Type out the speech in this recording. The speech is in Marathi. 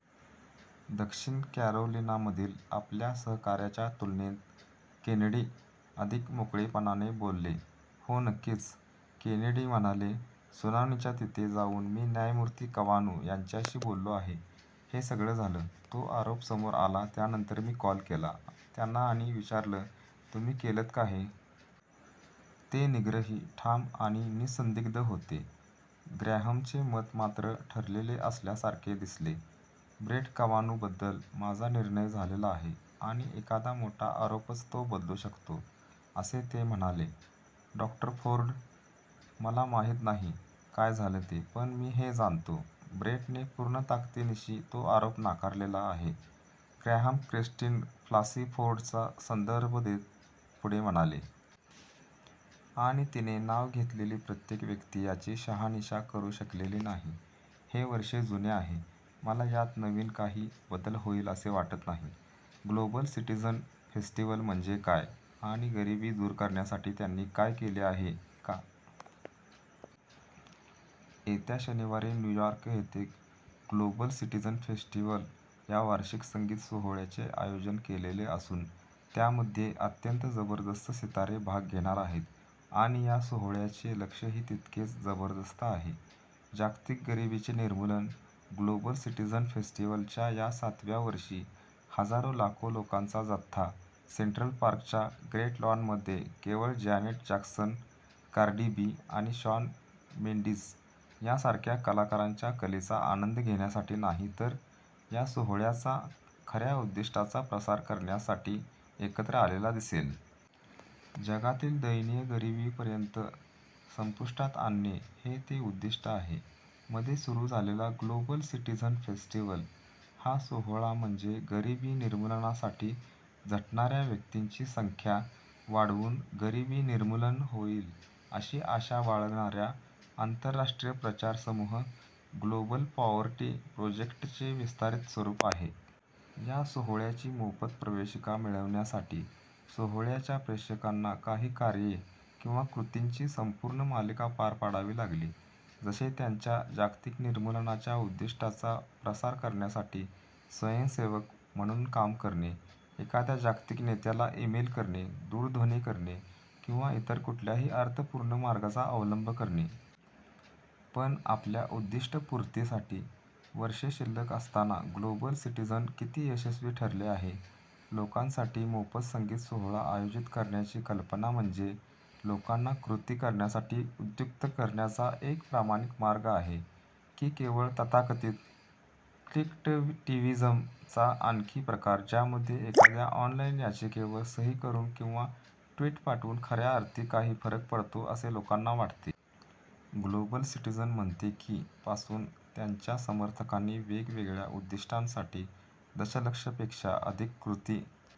दक्षिण कॅरोलिनामधील आपल्या सहकाऱ्याच्या तुलनेत केनेडी अधिक मोकळेपणाने बोलले. "हो, नक्कीच," केनेडी म्हणाले. "सुनावणीच्या तिथे जाऊन मी न्यायमूर्ती कवानु यांच्याशी बोललो आहे. हे सगळं झालं, तो आरोप समोर आला त्यानंतर मी कॉल केला त्यांना आणि विचारलं, 'तुम्ही केलंत का हे? ' ते निग्रही, ठाम आणि निःसंदिग्ध होते. " ग्रॅहमचे मत, मात्र, ठरलेले असल्यासारखे दिसले. "ब्रेट कवानुबद्दल माझा निर्णय झालेला आहे आणि एखादा मोठा आरोपच तो बदलू शकतो," असे ते म्हणाले. "डॉ. फोर्ड, मला माहीत नाही काय झालं ते, पण मी हे जाणतो: ब्रेटने पूर्ण ताकदीनिशी तो आरोप नाकारलेला आहे," ग्रॅहम क्रिस्टिन ब्लासी फोर्डचा संदर्भ देत पुढे म्हणाले. "आणि तिने नाव घेतलेली प्रत्येक व्यक्ती याची शहानिशा करू शकलेली नाही. हे वर्षे जुनं आहे. मला यात नवीन काही बदल होईल असं वाटत नाही. " ग्लोबल सिटीझन फेस्टिव्हल म्हणजे काय आणि गरिबी दूर करण्यासाठी त्यांनी काही केले आहे का? येत्या शनिवारी न्यूयॉर्क येथे ग्लोबल सिटिझन फेस्टिव्हल या वार्षिक संगीत सोहोळ्याचे आयोजन केलेले असून त्यामध्ये अत्यंत जबरदस्त सितारे भाग घेणार आहेत आणि या सोहोळ्याचे लक्ष्यही तितकेच जबरदस्त आहे; जागतिक गरिबीचे निर्मूलन. ग्लोबल सिटीझन फेस्टिव्हलच्या या सातव्या वर्षी हजारो लाखो लोकांचा जत्था सेंट्रल पार्कच्या ग्रेट लॉनमध्ये केवळ जॅनेट जॅक्सन, कार्डी बी आणि शॉन मेन्डिस यांसारख्या कलाकारांच्या कलेचा आनंद घेण्यासाठी नाही तर या सोहोळ्याच्या खऱ्या उद्दिष्टाचा प्रसार करण्यासाठी एकत्र आलेला दिसेल. जगातील दयनीय गरिबी पर्यंत संपुष्टात आणणे हे ते उद्दिष्ट आहे. मध्ये सुरु झालेला ग्लोबल सिटीझन फेस्टिव्हल हा सोहोळा म्हणजे गरिबी निर्मूलनासाठी झटणाऱ्या व्यक्तींची संख्या वाढवून गरिबी निर्मूलन होईल अशी आशा बाळगणाऱ्या आंतरराष्ट्रीय प्रचार समूह ग्लोबल पॉवर्टी प्रोजेक्टचे विस्तारीत स्वरूप आहे. या सोहोळ्याची मोफत प्रवेशिका मिळविण्यासाठी, सोहोळ्याच्या प्रेक्षकांना काही कार्ये किंवा "कृतींची" संपूर्ण मालिका पार पाडावी लागली. जसे त्यांच्या जागतिक निर्मूलनाच्या उद्दिष्टाचा प्रसार करण्यासाठी स्वयंसेवक म्हणून काम करणे, एखाद्या जागतिक नेत्याला ईमेल करणे, दूरध्वनी करणे किंवा इतर कुठल्याही अर्थपूर्ण मार्गाचा अवलंब करणे. पण आपल्या उद्दिष्टपूर्तीसाठी वर्षे शिल्लक असताना ग्लोबल सिटीझन किती यशस्वी ठरले आहे? लोकांसाठी मोफत संगीत सोहोळा आयोजित करण्याची कल्पना म्हणजे लोकांना कृती करण्यासाठी उद्युक्त करण्याचा एक प्रामाणिक मार्ग आहे की केवळ तथाकथित "क्लिकटिव्हिजम" चा आणखी प्रकार-ज्यामध्ये एखाद्या ऑनलाईन याचिकेवर सही करून किंवा ट्विट पाठवून खऱ्या अर्थी काही फरक पडतो असे लोकांना वाटते? ग्लोबल सिटीझन म्हणते की पासून त्यांच्या समर्थकांनी वेगवेगळ्या उद्दिष्टांसाठी दशलक्षपेक्षा अधिक "कृती"